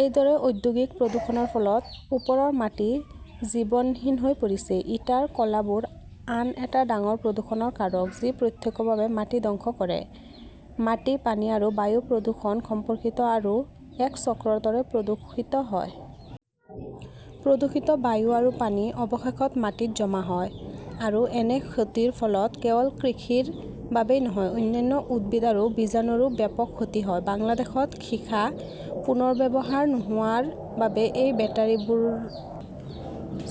এইদৰে ঔদ্যোগিক প্ৰদূষণৰ ফলত ওপৰৰ মাটি জীৱনহীন হৈ পৰিছে। ইটাৰ কলাবোৰ আন এটা ডাঙৰ প্ৰদূষণৰ কাৰক, যি প্ৰত্যক্ষভাৱে মাটি ধ্বংস কৰে। মাটি, পানী আৰু বায়ু প্ৰদূষণ সম্পৰ্কিত আৰু এক চক্ৰৰ দৰে প্ৰদূষিত হয়। প্ৰদূষিত বায়ু আৰু পানী অৱশেষত মাটিত জমা হয়। আৰু এনে ক্ষতিৰ ফলত কেৱল কৃষিৰ বাবেই নহয়, অন্যান্য উদ্ভিদ আৰু জীৱাণুৰো ব্যাপক ক্ষতি হয়। বাংলাদেশত সীসা পুনৰ্ব্যৱহাৰ নোহোৱাৰ বাবে এই বেটাৰিবোৰ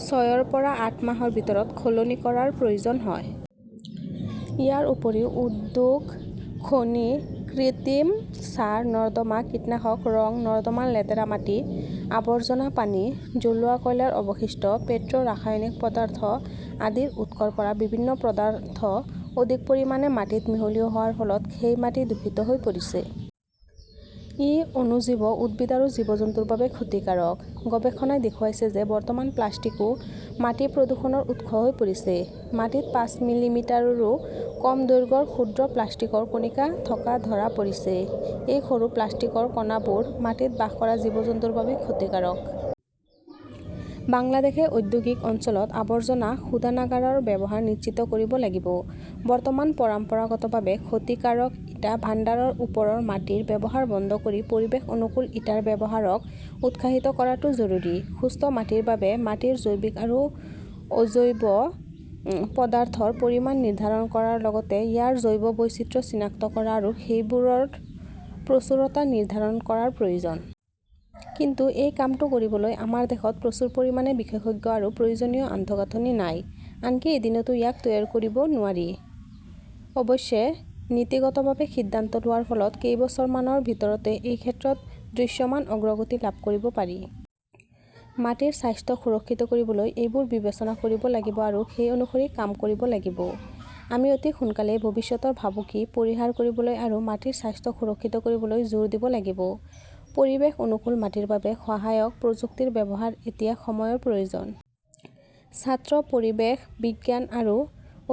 ছয়ৰ পৰা আঠ মাহৰ ভিতৰত সলনি কৰাৰ প্ৰয়োজন হয়। ইয়াৰ উপৰিও, উদ্যোগ, খনি, কৃত্ৰিম ছাৰ, নৰ্দমা কীটনাশক, ৰং, নৰ্দমাৰ লেতেৰা মাটি, আৱৰ্জনা পানী, জ্বলোৱা কয়লাৰ অৱশিষ্ট, পেট্ৰ'-ৰাসায়নিক পদাৰ্থ আদিৰ উৎসৰ পৰা বিভিন্ন পদাৰ্থ অধিক পৰিমাণে মাটিত মিহলি হোৱাৰ ফলত সেই মাটি দূষিত হৈ পৰিছে। ই অণুজীৱ, উদ্ভিদ আৰু জীৱ-জন্তুৰ বাবে ক্ষতিকাৰক। গৱেষণাই দেখুৱাইছে যে, বৰ্তমান প্লাষ্টিকো মাটি প্ৰদূষণৰ উৎস হৈ পৰিছে। মাটিত পাঁচ মিলিমিটাৰৰো কম দৈৰ্ঘ্যৰ ক্ষুদ্ৰ প্লাষ্টিকৰ কণিকা থকা ধৰা পৰিছে। এই সৰু প্লাষ্টিকৰ কণাবোৰ মাটিত বাস কৰা জীৱ-জন্তুৰ বাবে ক্ষতিকাৰক। বাংলাদেশে ঔদ্যোগিক অঞ্চলত আৱৰ্জনা শোধনাগাৰৰ ব্যৱহাৰ নিশ্চিত কৰিব লাগিব, বৰ্তমান পৰম্পৰাগতভাৱে ক্ষতিকাৰক ইটা ভাণ্ডাৰত ওপৰৰ মাটিৰ ব্যৱহাৰ বন্ধ কৰি পৰিৱেশ অনুকূল ইটাৰ ব্যৱহাৰক উৎসাহিত কৰাটো জৰুৰী। সুস্থ মাটিৰ বাবে মাটিৰ জৈৱিক আৰু অজৈব পদাৰ্থৰ পৰিমাণ নিৰ্ধাৰণ কৰাৰ লগতে ইয়াৰ জৈৱ বৈচিত্ৰ্য চিনাক্ত কৰা আৰু সেইবোৰৰ প্ৰচুৰতা নিৰ্ধাৰণ কৰাৰ প্ৰয়োজন। কিন্তু এই কামটো কৰিবলৈ আমাৰ দেশত প্ৰচুৰ পৰিমাণে বিশেষজ্ঞ আৰু প্ৰয়োজনীয় আন্তঃগাঁথনি নাই। আনকি এদিনতো ইয়াক তৈয়াৰ কৰিব নোৱাৰি। অৱশ্যে, নীতিগতভাৱে সিদ্ধান্ত লোৱাৰ ফলত কেইবছৰমানৰ ভিতৰতে এই ক্ষেত্ৰত দৃশ্যমান অগ্ৰগতি লাভ কৰিব পাৰি। মাটিৰ স্বাস্থ্য সুৰক্ষিত কৰিবলৈ এইবোৰ বিবেচনা কৰিব লাগিব আৰু সেই অনুসৰি কাম কৰিব লাগিব। আমি অতি সোনকালেই ভৱিষ্যতৰ ভাবুকি পৰিহাৰ কৰিবলৈ আৰু মাটিৰ স্বাস্থ্য সুৰক্ষিত কৰিবলৈ জোৰ দিব লাগিব। পৰিৱেশ অনুকূল মাটিৰ বাবে সহায়ক প্ৰযুক্তিৰ ব্যৱহাৰ এতিয়া সময়ৰ প্ৰয়োজন। ছাত্ৰ, পৰিৱেশ বিজ্ঞান আৰু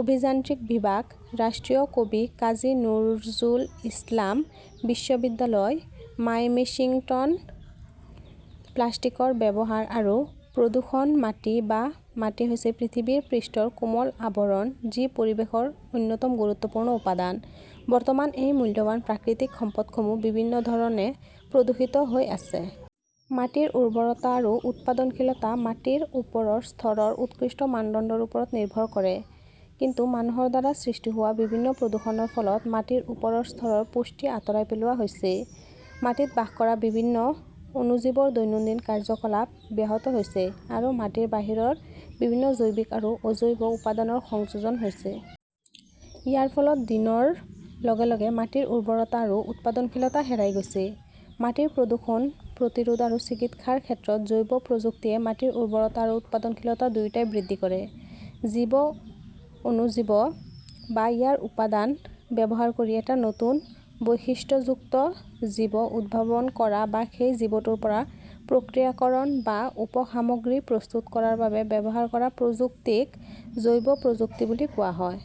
অভিযান্ত্ৰিক বিভাগ, ৰাষ্ট্ৰীয় কবি কাজী নজৰুল ইছলাম বিশ্ববিদ্যালয়, মাইমেশ্বিংটন। প্লাষ্টিকৰ ব্যৱহাৰ আৰু প্ৰদূষণ মাটি বা মাটি হৈছে পৃথিৱীৰ পৃষ্ঠৰ কোমল আৱৰণ যি পৰিৱেশৰ অন্যতম গুৰুত্বপূৰ্ণ উপাদান। বৰ্তমান এই মূল্যৱান প্ৰাকৃতিক সম্পদসমূহ বিভিন্ন ধৰণে প্ৰদূষিত হৈ আছে। মাটিৰ উৰ্বৰতা আৰু উৎপাদনশীলতা মাটিৰ ওপৰৰ স্তৰৰ উৎকৃষ্ট মানদণ্ডৰ ওপৰত নিৰ্ভৰ কৰে। কিন্তু মানুহৰ দ্বাৰা সৃষ্টি হোৱা বিভিন্ন প্ৰদূষণৰ ফলত মাটিৰ ওপৰৰ স্তৰৰ পুষ্টি আঁতৰাই পেলোৱা হৈছে, মাটিত বাস কৰা বিভিন্ন অণুজীৱৰ দৈনন্দিন কাৰ্যকলাপ ব্যাহত হৈছে, আৰু মাটিৰ বাহিৰৰ বিভিন্ন জৈৱিক আৰু অজৈব উপাদানৰ সংযোজন হৈছে। ইয়াৰ ফলত দিনৰ লগে লগে মাটিৰ উৰ্বৰতা আৰু উৎপাদনশীলতা হেৰাই গৈছে। মাটিৰ প্ৰদূষণ প্ৰতিৰোধ আৰু চিকিৎসাৰ ক্ষেত্ৰত জৈৱ প্ৰযুক্তিয়ে মাটিৰ উৰ্বৰতা আৰু উৎপাদনশীলতা দুয়োটাই বৃদ্ধি কৰে। জীৱ, অণুজীৱ বা ইয়াৰ উপাদান ব্যৱহাৰ কৰি এটা নতুন বৈশিষ্ট্যযুক্ত জীৱ উদ্ভাৱন কৰা বা সেই জীৱটোৰ পৰা প্ৰক্ৰিয়াকৰণ বা উপ-সামগ্ৰী প্ৰস্তুত কৰাৰ বাবে ব্যৱহাৰ কৰা প্ৰযুক্তিক জৈৱ প্ৰযুক্তি বুলি কোৱা হয়।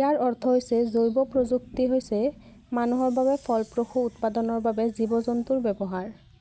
ইয়াৰ অৰ্থ হৈছে, জৈৱ প্ৰযুক্তি হৈছে মানুহৰ বাবে ফলপ্ৰসূ উৎপাদনৰ বাবে জীৱ-জন্তুৰ ব্যৱহাৰ।